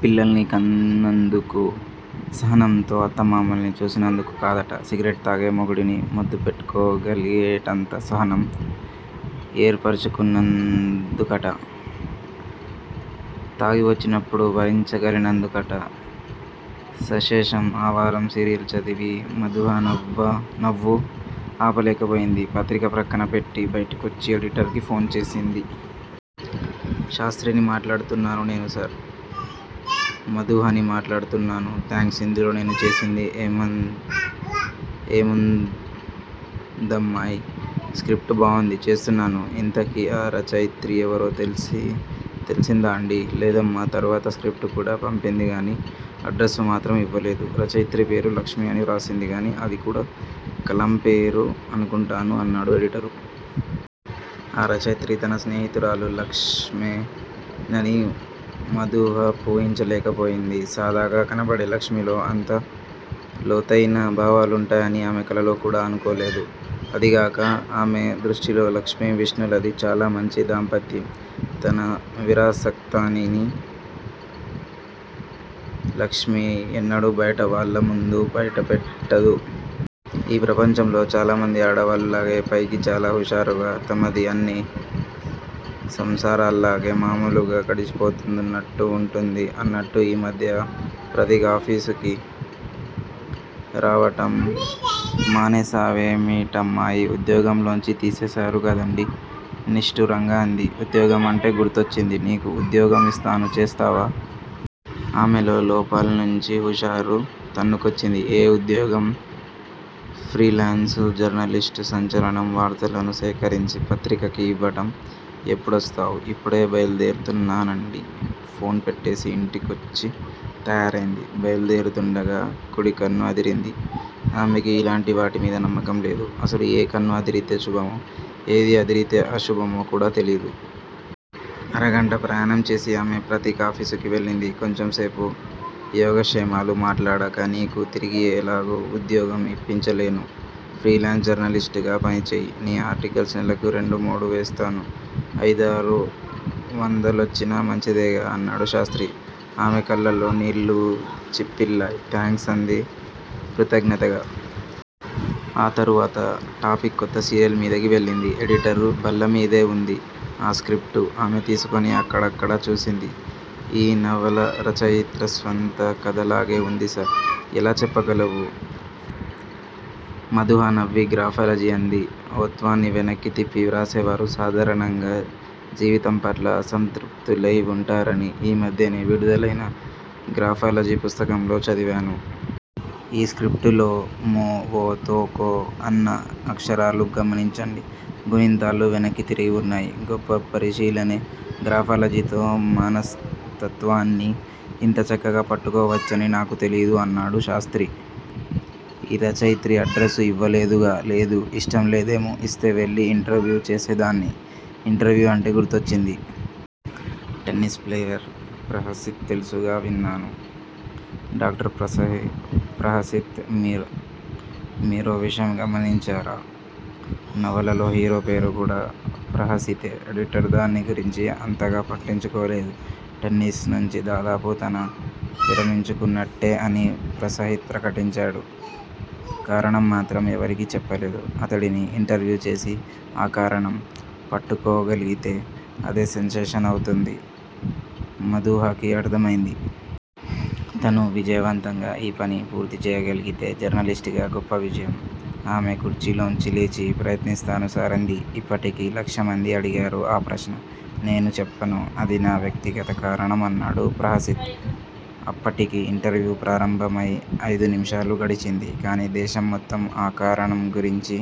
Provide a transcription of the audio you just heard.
పిల్లల్ని కన్నందుకూ, సహనంతో అత్తామామల్ని చూసినందుకూ కాదట. సిగరెట్ తాగే మొగుడిని ముద్దు పెట్టుకోగలిగేటంత సహనం ఏర్పర్చుకున్నందుకట. తాగి వొచ్చినప్పుడు భరించగలిగినందుకట -సశేషం. ఆ వారం సీరియల్ చదివి మధూహ నవ్వు ఆప లేకపోయింది. పత్రిక పక్కన పెట్టి బయటకొచ్చి ఎడిటర్ కి ఫోన్ చేసింది. శాస్త్రిని మాట్లాడుతున్నాను నేను సర్. మదూహని మాట్లాడుతున్నాను. థాంక్స్. ఇందులో నేను చేసింది ఏముందమ్మాయ్. స్క్రిప్టు బావుంది. చేస్తున్నాను ఇంతకీ ఆ రచయిత్రి ఎవరో తెలిసిందాండీ లేదమ్మా, తరువాత స్క్రిప్టు కూడా పంపింది కానీ అడ్రసు మాత్రం ఇవ్వలేదు. రచయిత్రి పేరు 'లక్ష్మి' అని వ్రాసింది కానీ అది కూడా కలం పేరు అనుకుంటాను అన్నాడు ఎడిటరు. ఆ రచయిత్రి తన స్నేహితురాలు 'లక్ష్మే' నని మధూహ వూహించలేక పోయింది. సాదాగా కనపడే లక్ష్మిలో అంత లోతయిన భావాలుంటాయని ఆమె కలలో కూడా అనుకోలేదు. అదీగాక ఆమె దృష్టిలో లక్ష్మి విష్ణులది చాలా మంచి దాంపత్యం. తన నిరాసక్తతని లక్ష్మి ఎన్నడూ బయట వాళ్ల ముందు బయట పెట్టదు. ఈ ప్రపంచంలో చాలా మంది ఆడవాళ్ళ లాగే. పైకి చాలా హుషారుగా, తమది అన్ని సంసారాల్లాగే మామూలుగా గడిచిపోతూందన్నట్టు వుంటుంది. అన్నట్టు ఈ మధ్య పత్రికాఫీసుకి రావటం మానేసావేమిటమ్మాయ్ ఉద్యోగం లోంచి తీసేసారు కదండీ నిష్ఠూరంగా అంది. ఉద్యోగం అంటే గుర్తొచ్చింది. నీకో వుద్యోగం ఇస్తాను చేస్తావా? ఆమెలో లోపల్నుంచి హుషారు తన్నుకొచ్చింది. ఏ ఉద్యోగం? Freelance journalist. సంచలనం వార్తలని సేకరించి పత్రికకి ఇవ్వటం ఎప్పుడొస్తావ్? ఇప్పుడే బయల్దేరుతున్నానండి ఫోన్ పెట్టేసి ఇంటికొచ్చి తయారైంది. బయల్దేరుతుండగా కుడి కన్ను అదిరింది. ఆమెకి ఇలాంటి వాటి మీద నమ్మకం లేదు. అసలు ఏ కన్ను అదిరితే శుభమో, ఏది అదిరితే అశుభమో కూడా తెలీదు. అరగంట ప్రయాణం చేసి ఆమె పత్రికాఫీసుకి వెళ్లింది. కొంచెంసేపు యోగక్షేమాలు మాట్లాడాక నీకు తిరిగి ఎలాగూ వుద్యోగం ఇప్పించలేను. ఫ్రీలాన్స్ జర్నలిస్టుగా పనిచెయ్యి. నీ ఆర్టికల్స్ నెలకు రెండు మూడు వేస్తాను. అయిదారు వందలొచ్చినా మంచిదేగా అన్నాడు శాస్త్రి. ఆమె కళ్ళలొ నీళ్ళు చిప్పిల్లాయి థాంక్స్ అంది కృతజ్ఞతగా. ఆ తరువాత టాపిక్ కొత్త సీరియల్ మీదికి మళ్లింది. ఎడిటర్ బల్లమీదే వుంది ఆ స్క్రిప్టు. ఆమె తీసుకుని అక్కడక్కడా చూసింది. ఈ నవల రచయిత్రి స్వంత కథలాగే వుంది సర్ ఎలా చెప్పగలవు? మధూహ నవ్వి గ్రాఫాలజీ అంది. ఓత్వాన్ని వెనక్కీ తిప్పి వ్రాసేవారు సాధారణంగా జీవితంపట్ల అసంతృప్తులై వుంటారని ఈ మధ్యనే విడుదలైన గ్రాఫాలజీ పుస్తకంలో చదివాను. ఈ స్క్రిప్టులో మొ, వొ, తొ, కొ అన్న అక్షరాలు గమనించండి. గుణింతాలు వెనక్కి తిరిగి వున్నాయి. గొప్ప పరిశీలనే. గ్రాఫాలజీతో మనస్తత్వాన్ని ఇంత చక్కగా పట్టుకోవచ్చని నాకు తెలీదు అన్నాడు శాస్త్రి. ఈ రచయిత్రి అడ్రసు ఇవ్వలేదుగా లేదు! ఇష్టం లేదేమో ఇస్తే వెళ్ళి ఇంటర్వ్యూ చేసేదాన్ని ఇంటర్వ్యూ అంటే గుర్తొచ్చింది. టెన్నీస్ ప్లేయర్ ప్రహసిత్ తెలుసుగా విన్నాను. డాక్టర్ ప్రహసిత్. మీరో విషయం గమనించారా? నవలలో హీరో పేరు కూడా ప్రహసితే ఎడిటర్ దాని గురించి అంతగా పట్టించుకోలేదు. టెన్నీస్ నుంచి దాదాపు తను విరమించుకున్నట్టే అని ప్రసహిత్ ప్రకటించాడు. కారణం మాత్రం ఎవరికీ చెప్పలేదు. అతడిని ఇంటర్వ్యూ చేసి ఆ కారణం పట్టుకోగలిగితే అది సెన్సేషన్ అవుతుంది మదూహకి అర్థమైంది. తను విజయవంతంగా ఈ పని పూర్తిచేయగలిగితే జర్నలిస్ట్ గా గొప్ప విజయం! ఆమె కుర్చీలోంచి లేచి, ప్రయత్నిస్తాను సర్ అంది. ఇప్పటికి లక్షమంది అడిగారు ఆ ప్రశ్న. నేను చెప్పను. అది నా వ్యక్తిగత కారణం అన్నాడు ప్రహసిత్. అప్పటికి ఇంటర్వ్యూ ప్రారంభమై అయిదు నిముషాలు గడిచింది. కానీ దేశం మొత్తం ఆ కారణం గురించి